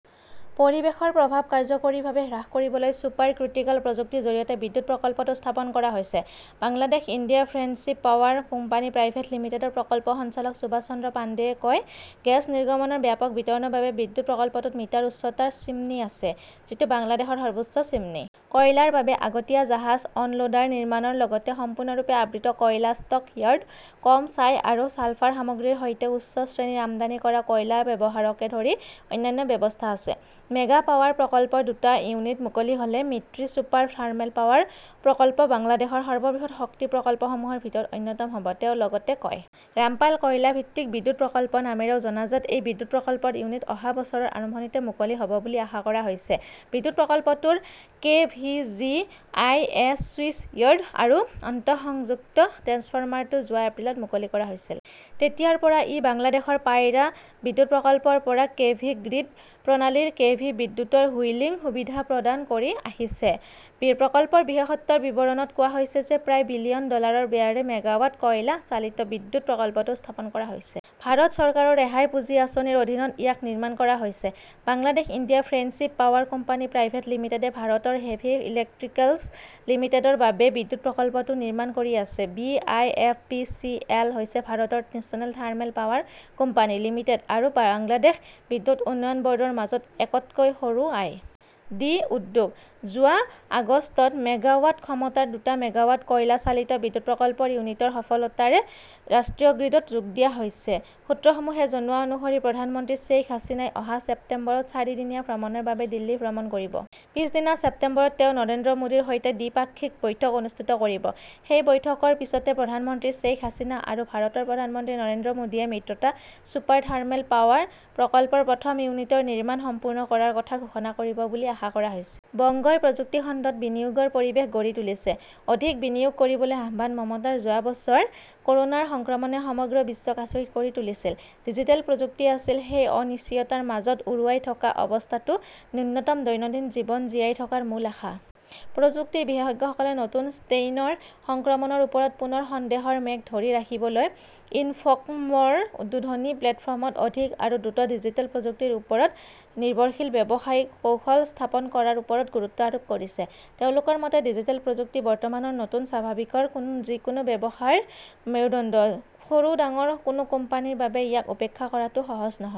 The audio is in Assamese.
পৰিৱেশৰ প্ৰভাৱ কাৰ্যকৰীভাৱে হ্ৰাস কৰিবলৈ ছুপাৰ ক্ৰিটিকেল প্ৰযুক্তিৰ জৰিয়তে বিদ্যুৎ প্ৰকল্পটো স্থাপন কৰা হৈছে, Bangladesh India friendship power company private লিমিটেডৰ প্ৰকল্প সঞ্চালক সুভাষ চন্দ্ৰ পাণ্ডেয়ে কয়। গেছ নিৰ্গমনৰ ব্যাপক বিতৰণৰ বাবে বিদ্যুৎ প্ৰকল্পটোত মিটাৰ উচ্চতাৰ চিমনী আছে, যিটো বাংলাদেশৰ সৰ্বোচ্চ চিমনী। কয়লাৰ বাবে আগতীয়া জাহাজ অনলোডাৰ নিৰ্মাণৰ লগতে সম্পূৰ্ণৰূপে আবৃত কয়লা ষ্টক য়াৰ্ড, কম ছাই আৰু ছালফাৰ সামগ্ৰীৰ সৈতে উচ্চ শ্ৰেণীৰ আমদানি কৰা কয়লা ব্যৱহাৰকে ধৰি অন্যান্য ব্যৱস্থা আছে। মেগা পাৱাৰ প্ৰকল্পৰ দুটা ইউনিট মুকলি হ'লে মিত্ৰী ছুপাৰ থাৰ্মেল পাৱাৰ প্ৰকল্প বাংলাদেশৰ সৰ্ববৃহৎ শক্তি প্ৰকল্পসমূহৰ ভিতৰত অন্যতম হ'ব, তেওঁ লগতে কয়। ৰামপাল কয়লা ভিত্তিক বিদ্যুৎ প্ৰকল্প নামেৰেও জনাজাত এই বিদ্যুৎ প্ৰকল্পৰ ইউনিট-অহা বছৰৰ আৰম্ভণিতে মুকলি হ'ব বুলি আশা কৰা হৈছে। বিদ্যুৎ প্ৰকল্পটোৰ K. V. G. I. S. Switchyard আৰু আন্তঃসংযুক্ত ট্ৰেন্সফাৰমাৰটো যোৱা এপ্ৰিলত মুকলি কৰা হৈছিল। তেতিয়াৰ পৰা ই বাংলাদেশৰ পায়ৰা বিদ্যুৎ প্ৰকল্পৰ পৰা কেভি গ্ৰীড প্ৰণালীৰ কেভি বিদ্যুৎৰ হুইলিং সুবিধা প্ৰদান কৰি আহিছে। প্ৰকল্পৰ বিশেষত্বৰ বিৱৰণত কোৱা হৈছে যে প্ৰায় বিলিয়ন ডলাৰৰ ব্যয়েৰে মেগাৱাট কয়লা চালিত বিদ্যুৎ প্ৰকল্পটো স্থাপন কৰা হৈছে। ভাৰত চৰকাৰৰ ৰেহাই পুঁজি আঁচনিৰ অধীনত ইয়াক নিৰ্মাণ কৰা হৈছে। Bangladesh India friendship power company private লিমিটেডে ভাৰতৰ হেভি ইলেকট্ৰিকেলছ লিমিটেডৰ বাবে বিদ্যুৎ প্ৰকল্পটো নিৰ্মাণ কৰি আছে। B. I. F. P. C. L. হৈছে ভাৰতৰ national thermal power company limited আৰু বাংলাদেশ বিদ্যুৎ উন্নয়ন বৰ্ডৰ মাজত এক তকৈ সৰু আই. ডি. উদ্যোগ। যোৱা আগষ্টত মেগাৱাট ক্ষমতাৰ দুটা মেগাৱাট কয়লা চালিত বিদ্যুৎ প্ৰকল্পৰ ইউনিটৰ সফলতাৰে ৰাষ্ট্ৰীয় গ্ৰীডত যোগ দিয়া হৈছে। সূত্ৰসমূহে জনোৱা অনুসৰি প্ৰধানমন্ত্ৰী শ্বেইখ হাছিনাই অহা ছেপ্টেম্বৰত চাৰিদিনীয়া ভ্ৰমণৰ বাবে দিল্লী ভ্ৰমণ কৰিব। পিছদিনা ছেপ্টেম্বৰত তেওঁ নৰেন্দ্ৰ মোদীৰ সৈতে দ্বিপাক্ষিক বৈঠক অনুষ্ঠিত কৰিব। সেই বৈঠকৰ পিছতে প্ৰধানমন্ত্ৰী শ্বেইখ হাছিনা আৰু ভাৰতৰ প্ৰধানমন্ত্ৰী নৰেন্দ্ৰ মোদীয়ে মিত্ৰতা ছুপাৰ থাৰ্মেল পাৱাৰ প্ৰকল্পৰ প্ৰথম ইউনিটৰ নিৰ্মাণ সম্পূৰ্ণ কৰাৰ কথা ঘোষণা কৰিব বুলি আশা কৰা হৈছে। বংগই প্ৰযুক্তি খণ্ডত বিনিয়োগৰ পৰিৱেশ গঢ়ি তুলিছে, অধিক বিনিয়োগ কৰিবলৈ আহ্বান মমতাৰ যোৱা বছৰ কৰোনাৰ সংক্ৰমণে সমগ্ৰ বিশ্বক আচৰিত কৰি তুলিছিল। ডিজিটেল প্ৰযুক্তি আছিল সেই অনিশ্চয়তাৰ মাজত উৰুৱাই থকা অৱস্থাতও ন্যূনতম দৈনন্দিন জীৱন জীয়াই ৰখাৰ মূল আশা। প্ৰযুক্তিৰ বিশেষজ্ঞসকলে নতুন ষ্ট্ৰেইনৰ সংক্ৰমণৰ ওপৰত পুনৰ সন্দেহৰ মেঘ ধৰি ৰাখিবলৈ ইনফকমৰ উদ্বোধনী প্লেটফৰ্মত অধিক আৰু দ্ৰুত ডিজিটেল প্ৰযুক্তিৰ ওপৰত নিৰ্ভৰশীল ব্যৱসায়িক কৌশল স্থাপন কৰাৰ ওপৰত গুৰুত্ব আৰোপ কৰিছে। তেওঁলোকৰ মতে, ডিজিটেল প্ৰযুক্তি বৰ্তমানৰ নতুন স্বাভাৱিকৰ যিকোনো ব্যৱসায়ৰ মেৰুদণ্ড। সৰু-ডাঙৰ, কোনো কোম্পানীৰ বাবে ইয়াক উপেক্ষা কৰাটো সহজ নহয়।